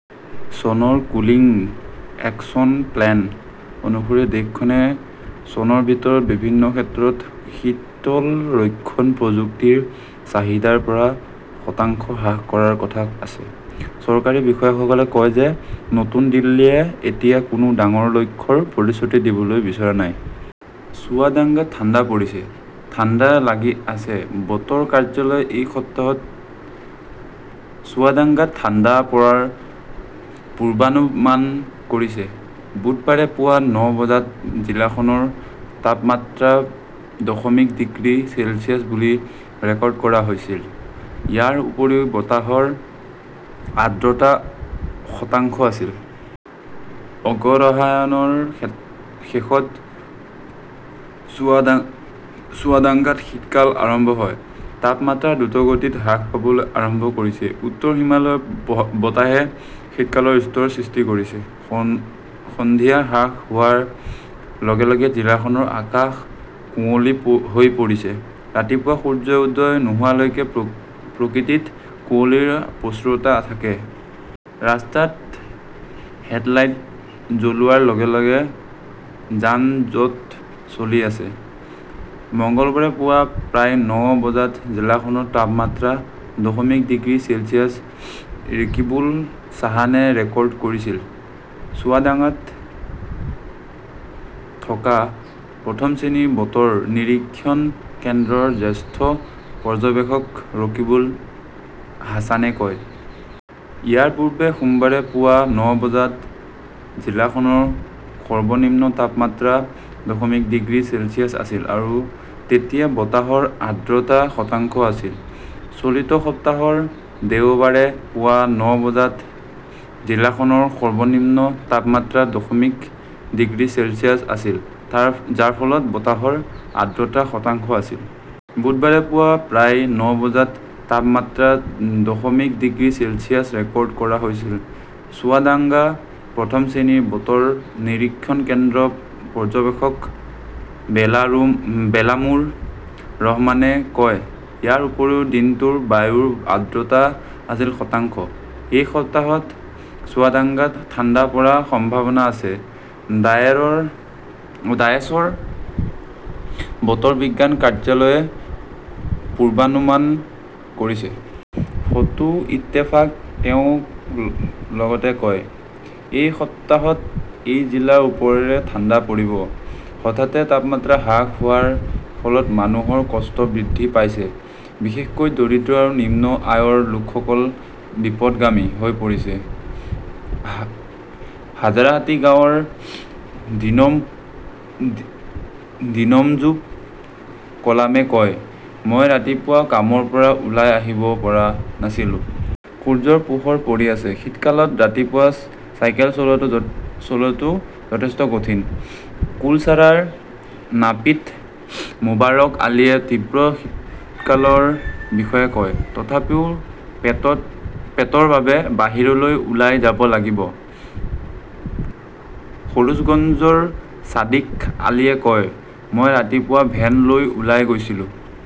চনৰ 'cooling action plan "অনুসৰি দেশখনে চনৰ ভিতৰত বিভিন্ন ক্ষেত্ৰত শীতল-ৰক্ষণ প্ৰযুক্তিৰ চাহিদা ৰ পৰা শতাংশ হ্ৰাস কৰাৰ কথা আছে। চৰকাৰী বিষয়াসকলে কয় যে নতুন দিল্লীয়ে এতিয়া কোনো ডাঙৰ লক্ষ্যৰ প্ৰতিশ্ৰুতি দিবলৈ বিচৰা নাই। চুৱাদাঙ্গাত ঠাণ্ডা পৰিছেঃ ঠাণ্ডা লাগি আছে বতৰ কাৰ্যালয়ে এই সপ্তাহত চুৱাদাংগাত ঠাণ্ডা পৰাৰ পূৰ্বানুমান কৰিছে। বুধবাৰে পুৱা ন বজাত জিলাখনৰ তাপমাত্ৰা দশমিক ডিগ্ৰী চেলছিয়াছ বুলি ৰেকৰ্ড কৰা হৈছিল। ইয়াৰ উপৰিও বতাহৰ আৰ্দ্ৰতা শতাংশ আছিল। অগৰহায়নৰ শেষত চুৱাদাংগাত শীতকাল আৰম্ভ হয়। তাপমাত্ৰা দ্ৰুতগতিত হ্ৰাস পাবলৈ আৰম্ভ কৰিছে। উত্তৰ হিমালয়ৰ বতাহে শীতকালৰ স্তৰ বৃদ্ধি কৰিছে। সন্ধিয়া হ্ৰাস হোৱাৰ লগে লগে জিলাখনৰ আকাশ কুঁৱলী হৈ পৰিছে। ৰাতিপুৱা সূৰ্য উদয় নোহোৱালৈকে প্ৰকৃতিত কুঁৱলীৰ প্ৰচুৰতা থাকে। ৰাস্তাত হেডলাইট জ্বলোৱাৰ লগে লগে যান-জঁট চলি আছে। "মঙলবাৰে পুৱা প্ৰায় ন বজাত জিলাখনৰ তাপমাত্ৰা দশমিক ডিগ্ৰী চেলছিয়াছ ৰেকিবুল হাছানে ৰেকৰ্ড কৰিছিল", চুৱাদাঙ্গাত থকা প্ৰথম শ্ৰেণীৰ বতৰ নিৰীক্ষণ কেন্দ্ৰৰ জ্যেষ্ঠ পৰ্যবেক্ষক ৰকিবুল হাছানে কয়। ইয়াৰ পূৰ্বে সোমবাৰে পুৱা ন বজাত জিলাখনৰ সৰ্বনিম্ন তাপমাত্ৰা দশমিক ডিগ্ৰী চেলছিয়াছ আছিল আৰু তেতিয়া বতাহৰ আৰ্দ্ৰতা শতাংশ আছিল। চলিত সপ্তাহৰ দেওবাৰে পুৱা ন বজাত জিলাখনৰ সৰ্বনিম্ন তাপমাত্ৰা দশমিক ডিগ্ৰী চেলছিয়াছ আছিল, যাৰ ফলত বতাহৰ আৰ্দ্ৰতা শতাংশ আছিল। "বুধবাৰে পুৱা প্ৰায় ন বজাত তাপমাত্ৰা দশমিক ডিগ্ৰী চেলছিয়াছ ৰেকৰ্ড কৰা হৈছিল", চুৱাদাংগা প্ৰথম শ্ৰেণীৰ বতৰ নিৰীক্ষণ কেন্দ্ৰৰ পৰ্যবেক্ষক বেলামুৰ ৰহমানে কয়। ইয়াৰ উপৰিও দিনটোৰ বায়ুৰ আৰ্দ্ৰতা আছিল শতাংশ। "এই সপ্তাহত চুৱাদাঙ্গাত ঠাণ্ডা পৰাৰ সম্ভাৱনা আছে, ডায়েছৰ বতৰ বিজ্ঞান কাৰ্যালয়ে পূৰ্বানুমান কৰিছে। ফটোঃ ইত্তেফাক তেওঁ লগতে কয়, "এই সপ্তাহত এই জিলাৰ ওপৰেৰে ঠাণ্ডা পৰিব। হঠাতে তাপমাত্ৰা হ্ৰাস হোৱাৰ ফলত মানুহৰ কষ্ট বৃদ্ধি পাইছে। বিশেষকৈ দৰিদ্ৰ আৰু নিম্ন আয়ৰ লোকসকল বিপথগামী হৈ পৰিছে। "হাজাৰাহাটি গাঁৱৰ দিনমজুৰ কলামে কয়", "মই ৰাতিপুৱা কামৰ পৰা ওলাই আহিব পৰা নাছিলো। " সূৰ্যৰ পোহৰ পৰি আছে। "শীতকালত ৰাতিপুৱা চাইকেল চলোৱাটো যথেষ্ট কঠিন", কুলচাৰাৰ নাপিত মোবাৰক আলীয়ে তীব্ৰ শীতকালৰ বিষয়ে কয়। তথাপিও পেটৰ বাবে বাহিৰলৈ ওলাই যাব লাগিব। "সৰোজগঞ্জৰ ছাদিক আলীয়ে কয়", "মই ৰাতিপুৱা ভেন লৈ ওলাই গৈছিলো।